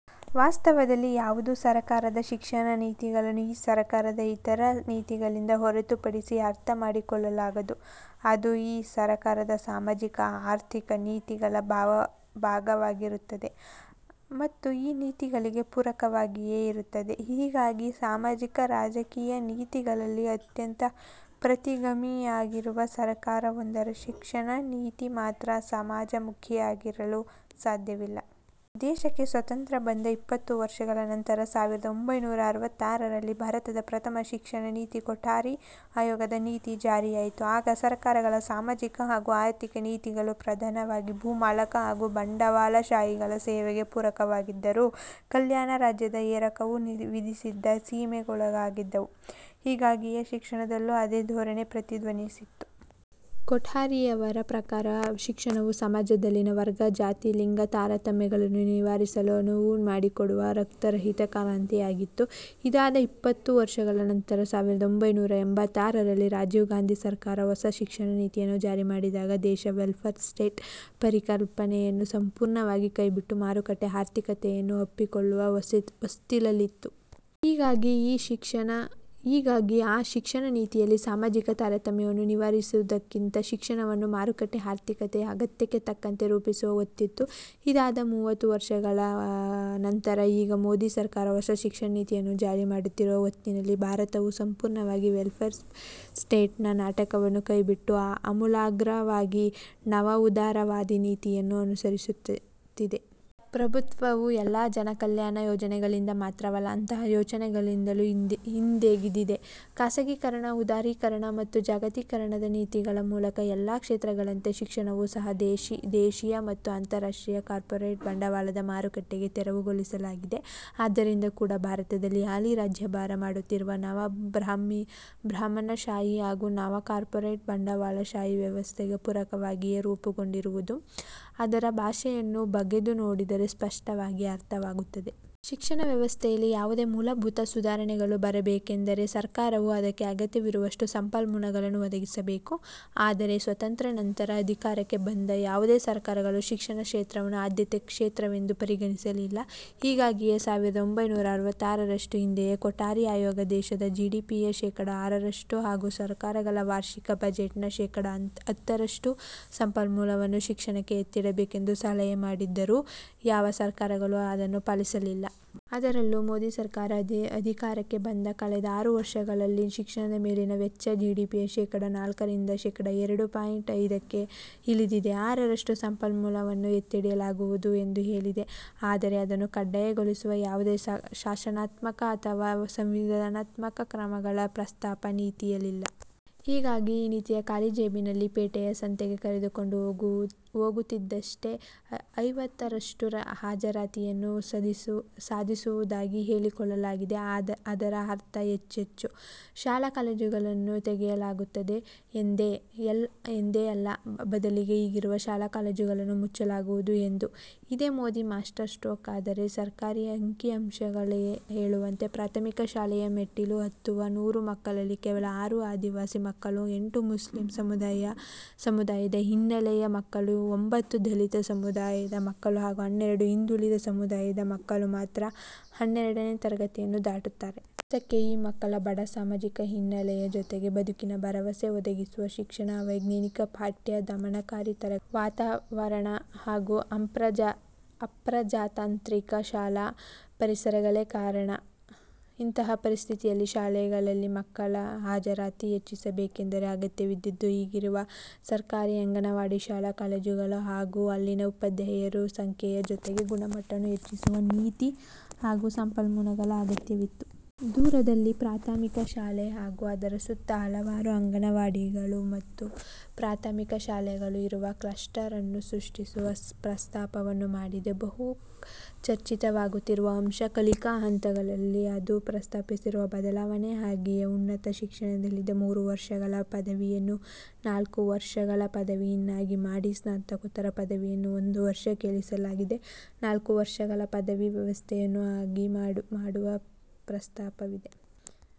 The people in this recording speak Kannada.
ವಾಸ್ತವದಲ್ಲಿ ಯಾವುದೇ ಸರಕಾರದ ಶಿಕ್ಷಣ ನೀತಿಗಳನ್ನು ಆ ಸರಕಾರದ ಇತರ ನೀತಿಗಳಿಂದ ಹೊರತು ಪಡಿಸಿ ಅರ್ಥಮಾಡಿಕೊಳ್ಳಲಾಗದು. ಅದು ಆ ಸರಕಾರದ ಸಾಮಾಜಿಕ-ಆರ್ಥಿಕ ನೀತಿಗಳ ಭಾಗವಾಗಿರುತ್ತದೆ ಮತ್ತು ಆ ನೀತಿಗಳಿಗೆ ಪೂರಕವಾಗಿಯೇ ಇರುತ್ತದೆ. ಹೀಗಾಗಿ ಸಾಮಾಜಿಕ-ರಾಜಕೀಯ ನೀತಿಗಳಲ್ಲಿ ಅತ್ಯಂತ ಪ್ರತಿಗಾಮಿಯಾಗಿರುವ ಸರಕಾರವೊಂದರ ಶಿಕ್ಷಣ ನೀತಿ ಮಾತ್ರ ಸಮಾಜಮುಖಿಯಾಗಿರಲು ಸಾಧ್ಯವಿಲ್ಲ. ದೇಶಕ್ಕೆ ಸ್ವಾತಂತ್ರ್ಯ ಬಂದ ಇಪ್ಪತ್ತು ವರ್ಷಗಳ ನಂತರ ಸಾವಿರದ ಒಂಭೈನೂರ ಅರವತ್ತಾರರಲ್ಲಿ ಭಾರತದಲ್ಲಿ ಪ್ರಥಮ ಶಿಕ್ಷಣ ನೀತಿ-ಕೊಠಾರಿ ಆಯೋಗದ ನೀತಿ ಜಾರಿಯಾಯಿತು. ಆಗ ಸರಕಾರಗಳ ಸಾಮಾಜಿಕ ಹಾಗೂ ಆರ್ಥಿಕ ನೀತಿಗಳು ಪ್ರಧಾನವಾಗಿ ಭೂಮಾಲಕ ಹಾಗೂ ಬಂಡವಾಳಶಾಹಿಗಳ ಸೇವೆಗೆ ಪೂರಕವಾಗಿದ್ದರೂ ಕಲ್ಯಾಣರಾಜ್ಯದ ಎರಕವು ವಿಧಿಸಿದ್ದ ಸೀಮೆಯೊಳಗಿದ್ದವು. ಹೀಗಾಗಿಯೇ ಶಿಕ್ಷಣದಲ್ಲೂ ಅದೇ ಧೋರಣೆ ಪ್ರತಿಧ್ವನಿಸಿತ್ತು. ಕೊಠಾರಿಯವರ ಪ್ರಕಾರ ಶಿಕ್ಷಣವು ಸಮಾಜದಲ್ಲಿನ ವರ್ಗ-ಜಾತಿ-ಲಿಂಗ ತಾರತಮ್ಯಗಳನ್ನು ನಿವಾರಿಸಲು ಅನುವು ಮಾಡಿಕೊಡುವ ರಕ್ತರಹಿತ ಕ್ರಾಂತಿಯಾಗಿತ್ತು. ಇದಾದ ಇಪ್ಪತ್ತು ವರ್ಷಗಳ ನಂತರ ಸಾವಿರದ ಒಂಭೈನೂರ ಎಂಭತ್ತಾರರಲ್ಲಿ ರಾಜೀವ್ ಗಾಂಧಿ ಸರಕಾರ ಹೊಸ ಶಿಕ್ಷಣ ನೀತಿಯನ್ನು ಜಾರಿ ಮಾಡಿದಾಗ ದೇಶ ವೆಲ್ಫೇರ್ ಸ್ಟೇಟ್ ಪರಿಕಲ್ಪನೆಯನ್ನು ಸಂಪೂರ್ಣವಾಗಿ ಕೈಬಿಟ್ಟು ಮಾರುಕಟ್ಟೆ ಆರ್ಥಿಕತೆಯನ್ನು ಅಪ್ಪಿಕೊಳ್ಳುವ ಹೊಸ್ತಿಲಲ್ಲಿತ್ತು. ಹೀಗಾಗಿ ಆ ಶಿಕ್ಷಣ ನೀತಿಯಲ್ಲಿ ಸಾಮಾಜಿಕ ತಾರತಮ್ಯವನ್ನು ನಿವಾರಿಸುವುದಕ್ಕಿಂತ ಶಿಕ್ಷಣವನ್ನು ಮಾರುಕಟ್ಟೆ ಆರ್ಥಿಕತೆಯ ಅಗತ್ಯಕ್ಕೆ ತಕ್ಕಂತೆ ರೂಪಿಸುವ ಒತ್ತಿತ್ತು. ಇದಾದ ಮೂವತ್ತ ನಾಲ್ಕು ವರ್ಷಗಳ ನಂತರ ಈಗ ಮೋದಿ ಸರಕಾರ ಹೊಸ ಶಿಕ್ಷಣ ನೀತಿಯನ್ನು ಜಾರಿ ಮಾಡುತ್ತಿರುವ ಹೊತ್ತಿನಲ್ಲಿ ಭಾರತವು ಸಂಪೂರ್ಣವಾಗಿ ವೆಲ್ಫೇರ್ ಸ್ಟೇಟ್ನ ನಾಟಕವನ್ನೂ ಕೈಬಿಟ್ಟು ಆಮೂಲಾಗ್ರವಾಗಿ ನವ ಉದಾರವಾದಿ ನೀತಿಯನ್ನು ಅನುಸರಿಸುತ್ತಿದೆ. ಪ್ರಭುತ್ವವು ಎಲ್ಲಾ ಜನಕಲ್ಯಾಣ ಯೋಜನೆಗಳಿಂದ ಮಾತ್ರವಲ್ಲ ಅಂತಹ ಯೋಚನೆಗಳಿಂದಲೂ ಹಿಂದೆಗೆದಿದೆ. ಖಾಸಗೀಕರಣ ಉದಾರೀಕರಣ ಮತ್ತು ಜಾಗತೀಕರಣದ ನೀತಿಗಳ ಮೂಲಕ ಎಲ್ಲಾ ಕ್ಷೇತ್ರಗಳಂತೆ ಶಿಕ್ಷಣವನ್ನೂ ಸಹ ದೇಶೀಯ ಮತ್ತು ಅಂತರ್ರಾಷ್ಟ್ರೀಯ ಕಾರ್ಪೊರೇಟ್ ಬಂಡವಾಳದ ಮಾರುಕಟ್ಟೆಗೆ ತೆರೆವುಗೊಳಿಸಲಾಗಿದೆ. ಆದ್ದರಿಂದ ಕೂಡಾ ಭಾರತದಲ್ಲಿ ಹಾಲಿ ರಾಜ್ಯಭಾರ ಮಾಡುತ್ತಿರುವ ನವಬ್ರಾಹ್ಮಣಶಾಹಿ ಹಾಗೂ ನವಕಾರ್ಪೊರೇಟ್ ಬಂಡವಾಳಶಾಹಿ ವ್ಯವಸ್ಥೆಗೆ ಪೂರಕವಾಗಿಯೇ ರೂಪುಗೊಂಡಿರುವುದು ಅದರ ಭಾಷೆಯನ್ನು ಬಗೆದು ನೋಡಿದರೆ ಸ್ಪಷ್ಟವಾಗಿ ಅರ್ಥವಾಗುತ್ತದೆ. ಶಿಕ್ಷಣ ವ್ಯವಸ್ಥೆಯಲ್ಲಿ ಯಾವುದೇ ಮೂಲಭೂತ ಸುಧಾರಣೆಗಳು ಬರಬೇಕೆಂದರೆ ಸರಕಾರವು ಅದಕ್ಕೆ ಅಗತ್ಯವಿರುವಷ್ಟು ಸಂಪನ್ಮೂಲವನ್ನು ಒದಗಿಸಬೇಕು. ಆದರೆ ಸ್ವಾತಂತ್ರ್ಯಾ ನಂತರ ಅಧಿಕಾರಕ್ಕೆ ಬಂದ ಯಾವುದೇ ಸರಕಾರಗಳು ಶಿಕ್ಷಣ ಕ್ಷೇತ್ರವನ್ನು ಆದ್ಯತಾ ಕ್ಷೇತ್ರವೆಂದು ಪರಿಗಣಿಸಲಿಲ್ಲ. ಹೀಗಾಗಿಯೇ ಸಾವಿರದ ಒಂಭೈನೂರ ಅರವತ್ತಾರರಷ್ಟು ಹಿಂದೆಯೇ ಕೊಠಾರಿ ಆಯೋಗ ದೇಶದ ಜಿಡಿಪಿಯ ಶೇಕಡಾ ಆರರಷ್ಟು ಹಾಗೂ ಸರಕಾರಗಳ ವಾರ್ಷಿಕ ಬಜೆಟ್ನ ಶೇಕಡಾ ಹತ್ತರಷ್ಟು ಸಂಪನ್ಮೂಲವನ್ನು ಶಿಕ್ಷಣಕ್ಕೆ ಎತ್ತಿಡಬೇಕೆಂದು ಸಲಹೆ ಮಾಡಿದ್ದರೂ ಯಾವ ಸರಕಾರಗಳೂ ಅದನ್ನು ಪಾಲಿಸಲಿಲ್ಲ. ಅದರಲ್ಲೂ ಮೋದಿ ಸರಕಾರ ಅಧಿಕಾರಕ್ಕೆ ಬಂದ ಕಳೆದ ಆರು ವರ್ಷಗಳಲ್ಲಿ ಶಿಕ್ಷಣದ ಮೇಲಿನ ವೆಚ್ಚ ಜಿಡಿಪಿಯ ಶೇಕಡಾ ನಾಲ್ಕರಿಂದ ಶೇಕಡಾ ಎರಡು ಪಾಯಿಂಟ್ ಐದಕ್ಕೆ ಇಳಿದಿದೆ. ಆರರಷ್ಟು ಸಂಪನ್ಮೂಲವನ್ನು ಎತ್ತಿಡಲಾಗುವುದು ಎಂದು ಹೇಳಿದೆ. ಆದರೆ ಅದನ್ನು ಕಡ್ಡಾಯಗೊಳಿಸುವ ಯಾವುದೇ ಶಾಸನಾತ್ಮಕ ಅಥವಾ ಸಂವಿಧಾನಾತ್ಮಕ ಕ್ರಮಗಳ ಪ್ರಸ್ತಾಪ ನೀತಿಯಲ್ಲಿಲ್ಲ. ಹೀಗಾಗಿ ಈ ನೀತಿಯು ಖಾಲಿ ಜೇಬಿನಲ್ಲಿ ಪೇಟೆಯ ಸಂತೆಗೆ ಕರೆದುಕೊಂಡು ಹೋಗುತ್ತಿದೆಯಷ್ಟೆ. ಐವತ್ತರಷ್ಟು ಹಾಜರಾತಿಯನ್ನು ಸಾಧಿಸುವುದಾಗಿ ಹೇಳಿಕೊಳ್ಳಲಾಗಿದೆ. ಅದರ ಅರ್ಥ ಹೆಚ್ಚೆಚ್ಚು ಶಾಲಾ- ಕಾಲೇಜುಗಳನ್ನು ತೆಗೆಯಲಾಗುತ್ತದೆ ಎಂದೇ? ಅಲ್ಲ. ಬದಲಿಗೆ ಈಗಿರುವ ಶಾಲಾ-ಕಾಲೇಜುಗಳನ್ನು ಮುಚ್ಚಲಾಗುವುದು ಎಂದು. ಇದೇ ಮೋದಿ ಮಾಸ್ಟರ್ ಸ್ಟ್ರೋಕ್ ಆದರೆ ಸರಕಾರಿ ಅಂಕಿ ಅಂಶಗಳೇ ಹೇಳುವಂತೆ ಪ್ರಾಥಮಿಕ ಶಾಲೆಯ ಮೆಟ್ಟಿಲು ಹತ್ತುವ ನೂರು ಮಕ್ಕಳಲ್ಲಿ ಕೇವಲ ಆರು ಆದಿವಾಸಿ ಮಕ್ಕಳು, ಎಂಟು ಮುಸ್ಲಿಂ ಸಮುದಾಯದ ಹಿನ್ನೆಲೆಯ ಮಕ್ಕಳು, ಒಂಭತ್ತು ದಲಿತ ಸಮುದಾಯದ ಮಕ್ಕಳು ಹಾಗೂ ಹನ್ನೆರಡು ಹಿಂದುಳಿದ ಸಮುದಾಯದ ಮಕ್ಕಳು ಮಾತ್ರ ಹನ್ನೆರಡನೇ ತರಗತಿಯನ್ನು ದಾಟುತ್ತಾರೆ. ಅದಕ್ಕೆ ಈ ಮಕ್ಕಳ ಬಡ ಸಾಮಾಜಿಕ ಹಿನ್ನೆಲೆಯ ಜೊತೆಗೆ ಬದುಕಿನ ಭರವಸೆ ಒದಗಿಸದ ಶಿಕ್ಷಣ, ಅವೈಜ್ಞಾನಿಕ ಪಠ್ಯ, ದಮನಕಾರಿ ತರಗತಿಯ ವಾತಾವರಣ ಹಾಗೂ ಅಪ್ರಜಾತಾಂತ್ರಿಕ ಶಾಲಾ ಪರಿಸರಗಳೇ ಪ್ರಮುಖ ಕಾರಣ. ಇಂತಹ ಪರಿಸ್ಥಿತಿಯಲ್ಲಿ ಶಾಲೆಗಳಲ್ಲಿ ಮಕ್ಕಳ ಹಾಜರಾತಿ ಹೆಚ್ಚಿಸಬೇಕೆಂದರೆ ಅಗತ್ಯವಿದ್ದದ್ದು ಈಗಿರುವ ಸರಕಾರಿ ಅಂಗನವಾಡಿ ಶಾಲಾ- ಕಾಲೇಜುಗಳ ಹಾಗೂ ಅಲ್ಲಿನ ಉಪಾಧ್ಯಾಯರ ಸಂಖ್ಯೆಯ ಜೊತೆಗೆ ಗುಣಮಟ್ಟವನ್ನೂ ಹೆಚ್ಚಿಸುವ ನೀತಿ ಹಾಗೂ ಸಂಪನ್ಮೂಲಗಳ ಅಗತ್ಯವಿತ್ತು. ದೂರದಲ್ಲಿ ಪ್ರಾಥಮಿಕ ಶಾಲೆ ಹಾಗೂ ಅದರ ಸುತ್ತ ಹಲವಾರು ಅಂಗನವಾಡಿಗಳು ಮತ್ತು ಪ್ರಾಥಮಿಕ ಶಾಲೆಗಳು ಇರುವ 'ಕ್ಲಸ್ಟರ್' ಅನ್ನು ಸೃಷ್ಟಿಸುವ ಪ್ರಸ್ತಾಪವನ್ನು ಮಾಡಿದೆ. ಬಹು ಚರ್ಚಿತವಾಗುತ್ತಿರುವ ಅಂಶ ಕಲಿಕಾ ಹಂತಗಳಲ್ಲಿ ಅದು ಪ್ರಸ್ತಾಪಿಸಿರುವ ಬದಲಾವಣೆ. ಹಾಗೆಯೇ ಉನ್ನತ ಶಿಕ್ಷಣದಲ್ಲಿದ್ದ ಮೂರು ವರ್ಷಗಳ ಪದವಿಯನ್ನು ನಾಲ್ಕು ವರ್ಷಗಳ ಪದವಿಯನ್ನಾಗಿ ಮಾಡಿ ಸ್ನಾತಕೋತ್ತರ ಪದವಿಯನ್ನು ಒಂದು ವರ್ಷಕ್ಕೆ ಇಳಿಸಲಾಗಿದೆ. ನಾಲ್ಕು ವರ್ಷಗಳ ಪದವಿ ವ್ಯವಸ್ಥೆಯನ್ನು ಆಗಿ ಮಾಡುವ ಪ್ರಸ್ತಾಪವಿದೆ.